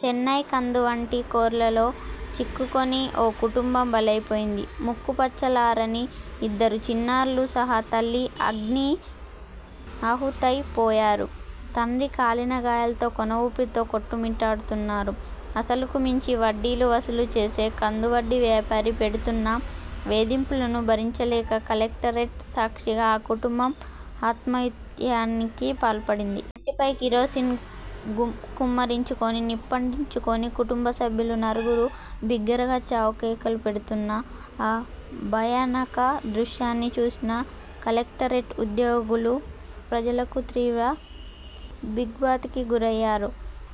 చెన్నై కందువడ్డీ కోరల్లో చిక్కుకుని ఓ కుటుంబం బలైపోయింది. ముక్కుపచ్చలారని ఇద్దరు చిన్నారులు సహా తల్లి అగ్ని ఆహుతైపోయారు. తండ్రి కాలిన గాయాలతో కొన ఊపిరితో కొట్టు మిట్టాడుతున్నాడు. అసలుకు మించి వడ్డీలు వసూలు చేసే కందువడ్డీ వ్యాపారి పెడుతున్న వేధింపులను భరించలేక కలెక్టరేట్ సాక్షిగా ఆ కుటుంబం ఆత్మాహుతియత్నానికి పాల్పడింది. వంటిపై కిరోసిన్ కుమ్మరించుకుని, నిప్పంటించు కుని కుటుంబ సభ్యులు నలుగురు బిగ్గరగా చావు కేకలు పెడుతున్న ఆ భయానక దృశ్యాలను చూసిన కలెక్టరేట్ ఉద్యోగులు, ప్రజలు తీవ్ర దిగ్ర్భాంతికి గురయ్యారు.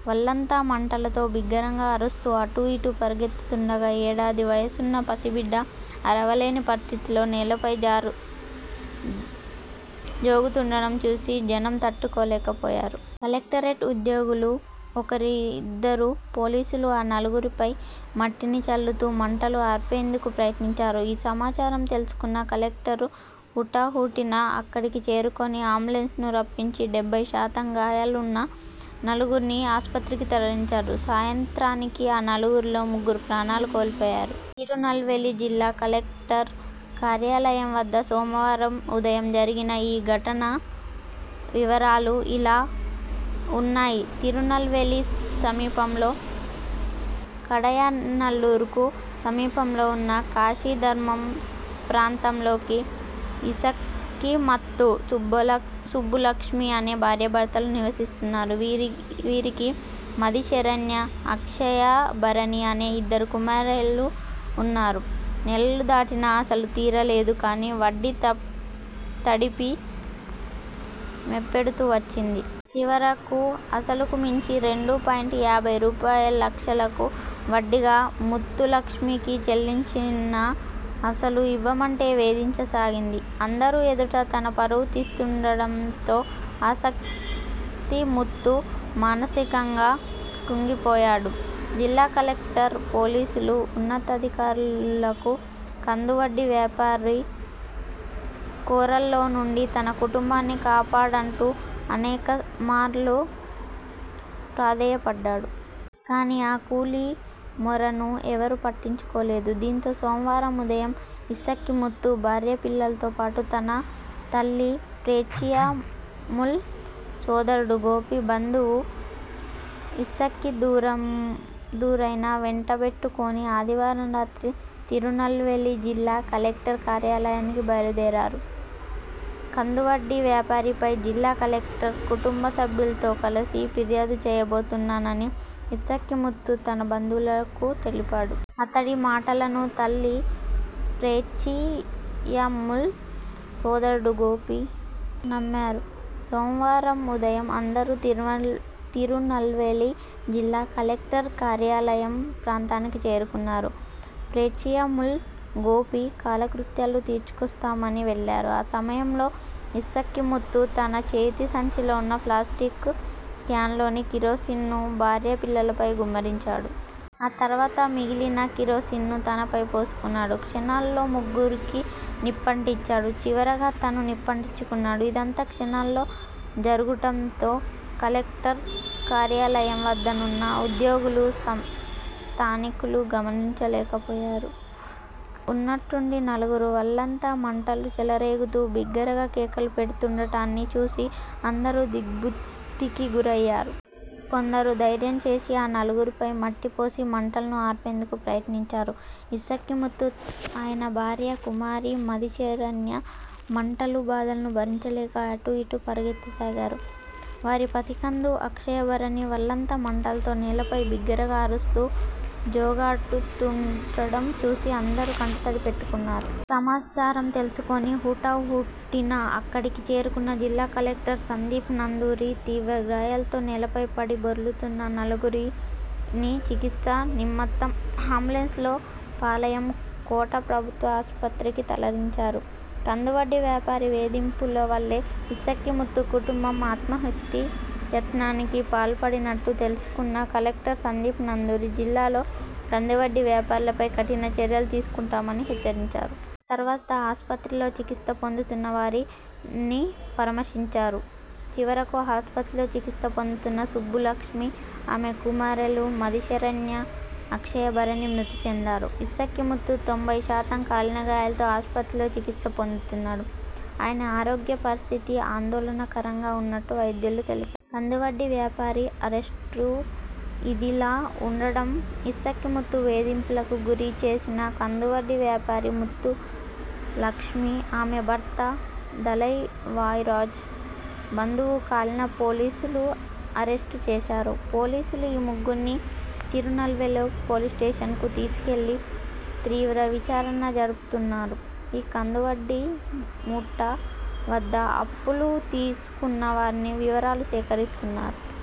వళ్లంతా మంటలతో బిగ్గరగా అరుస్తూ అటూ ఇటూ పరుగెత్తుతుండగా, యేడాది వయస్సున్న పసిబిడ్డ అరవలేని పరిస్థితిలో నేలపై జోగుతుండటం చూసి జనం తట్టుకోలేకపోయారు. కలెక్టరేట్ ఉద్యోగులు, ఒకరిద్దరు పోలీసులు ఆ నలుగురిపై మట్టిని చల్లుతూ మంటలను ఆర్పేందుకు ప్రయత్నించారు. ఈ సమాచారం తెలుసుకున్న కలెక్టర్ హుటాహుటిన అక్కడికి చేరుకొని అంబులెన్స్ను రప్పించి డెబ్బై శాతం గాయాలతో ఉన్న నలుగురిని ఆస్పత్రికి తరలించారు. సాయంత్రానికి ఆ నలుగురిలో ముగ్గురు ప్రాణాలు కోల్పోయారు. తిరునల్వేలి జిల్లా కలెక్టర్ కార్యాలయం వద్ద సోమవారం ఉదయం జరిగిన ఈ సంఘటన వివరాలు ఇలా ఉన్నాయితిరునల్వేలి సమీపంలోని కడయనల్లూరుకు సమీపంలో వున్న కాశిధర్మం ప్రాంతంలో ఇసక్కిముత్తు, సుబ్బులక్ష్మి అనే భార్యాభర్తలు నివసిస్తున్నారు. వీరికి మది శరణ్య, అక్షయభరణి అనే ఇద్దరు కుమార్తెలు ఉన్నారు. నెలలు దాటినా అసలు తీరలేదు కానీ వడ్డీ తడిపి మోపెడవుతూ వచ్చింది. చివరకు అసలుకు మించి రెండు పాయింట్ యాభై రూపాయలులక్షలను వడ్డీగా ముత్తులక్ష్మికి చెల్లించినా, అసలు ఇవ్వమంటూ వేధించసాగింది. అందరి ఎదుట తన పరువు తీస్తుండటంతో ఇసక్కిముత్తు మానసికంగా క్రుంగిపోయాడు. జిల్లా కలెక్టర్కు, పోలీసు ఉన్నతాధికారులకు కందువడ్డీ వ్యాపారి కోరల్లో నుండి తన కుటుంబాన్ని కాపాడంటూ అనేకమార్లు ప్రాధేయపడ్డాడు. కానీ, ఆ కూలీ మొరను ఎవరూ పట్టించుకోలేదు. దీనితో సోమవారం ఉదయం ఇసక్కిముత్తు, భార్యాపిల్లలతోపాటు తన తల్లి పేచ్చియమ్మాళ్, సోదరుడు గోపి, బంధువు ఇసక్కిదురైను వెంటబెట్టుకుని ఆదివారం రాత్రి తిరునల్వేలి జిల్లా కలెక్టర్ కార్యాలయానికి బయలుదేరాడు. కందువడ్డీ వ్యాపారిపై జిల్లా కలెక్టర్కు కుటుంబసభ్యులతో కలిసి ఫిర్యాదు చేయబోతున్నానని ఇసక్కిముత్తు తన బంధువులకు తెలిపాడు. అతడి మాటలను తల్లి పేచ్చియమ్మాళ్, సోదరుడు గోపి నమ్మారు. సోమవారం ఉదయం అందరూ తిరునల్వేలి జిల్లా కలెక్టర్ కార్యాలయం ప్రాంతానికి చేరుకున్నారు. పేచ్చియమ్మాళ్, గోపీ కాలకృత్యాలు తీర్చుకువస్తామని వెళ్లారు. ఆ సమయంలో ఇసక్కిముత్తు తన చేతి సంచిలో ఉన్న ప్లాస్టిక్ క్యాన్లోని కిరోసిన్ను భార్య, పిల్లలపై కుమ్మరించాడు. ఆ తర్వాత మిగిలిన కిరోసిన్ను తనపై పోసుకున్నాడు. క్షణాలలో ముగ్గురికి నిప్పంటించాడు. చివరగా తనూ నిప్పంటించుకున్నాడు. ఇదంతా క్షణాల్లో జరుగటంతో కలెక్టర్ కార్యాలయం వద్దనున్న ఉద్యోగులు, స్థానికులు గమనించలేకపోయారు. ఉన్నట్టుండి నలుగురు వళ్లంతా మంటలు చెలరేగుతూ బిగ్గరగా కేకలు పెడుతుండటాన్ని చూసి అందరూ దిగ్ర్భాంతికి గురయ్యారు. కొందరు ధైర్యం చేసి ఆ నలుగురిపై మట్టిని పోసి మంటలను ఆర్పేందుకు ప్రయత్నించారు. ఇసక్కిముత్తు, ఆయన భార్య, కుమార్తె మది శరణ్య మంటల బాధను భరించలేక అటూ ఇటూ పరుగెత్తసాగారు. వారి పసికందు అక్షయభరణి వళ్లంతా మంటలతో నేలపై బిగ్గరగా అరుస్తూ జోగాడుతుండటం చూసి అందరూ కంటతడి పెట్టుకున్నారు. ఈ సమాచారం తెలుసుకొని హుటా హుటిన అక్కడికి చేరుకున్న జిల్లా కలెక్టర్ సందీప్ నందూరీ తీవ్రగాయాలతో నేలపై పడిపొర్లుతున్న నలుగురినీ చికిత్స నిమత్తం అంబులెన్స్లో పాళయం కోట ప్రభుత్వ ఆస్పత్రికి తరలించారు. కందువడ్డీ వ్యాపారి వేధింపుల వల్లే ఇసక్కిముత్తు కుటుంబం ఆత్మాహుతి యత్నానికి పాల్పడినట్లు తెలుసుకున్న కలెక్టర్ సందీప్ నందూరీ జిల్లాలో కందువడ్డీ వ్యాపారులపై కఠిన చర్యలు తీసుకుంటామని హెచ్చరించారు. ఆ తర్వాత ఆస్పత్రిలో చికిత్స పొందుతున్న వారిని పరామర్శించారు. చివరకు ఆస్పత్రిలో చికిత్స పొందుతూ సుబ్బులక్ష్మి, ఆమె కుమార్తెలు మదిశరణ్య, అక్షయభరణి మృతి చెందారు. ఇసక్కి ముత్తు తొంభై శాతం కాలినగాయాలతో ఆస్పత్రిలో చికిత్స పొందుతున్నాడు. ఆయన ఆరోగ్య పరిస్థితి ఆందోళనకరంగా ఉన్నట్లు వైద్యులు తెలిపారు. కందువడ్డీ వ్యాపారి అరెస్టుఇదిలా ఉండగా, ఇసక్కిముత్తును వేధింపులకు గురిచేసిన కందువడ్డీ వ్యాపారి ముత్తులక్ష్మి, ఆమె భర్త దళవాయ్ రాజ్, బంధువు కాళిని పోలీసులు అరెస్టు చేశారు. పోలీసులు ఈ ముగ్గురిని తిరునల్వేలి పోలీసుస్టేషన్కు తీసుకెళ్లి తీవ్ర విచారణ జరుపుతున్నారు. ఈ కందువడ్డీ ముఠా వద్ద అప్పులు తీసుకున్న వారి వివరాలను సేకరిస్తున్నారు.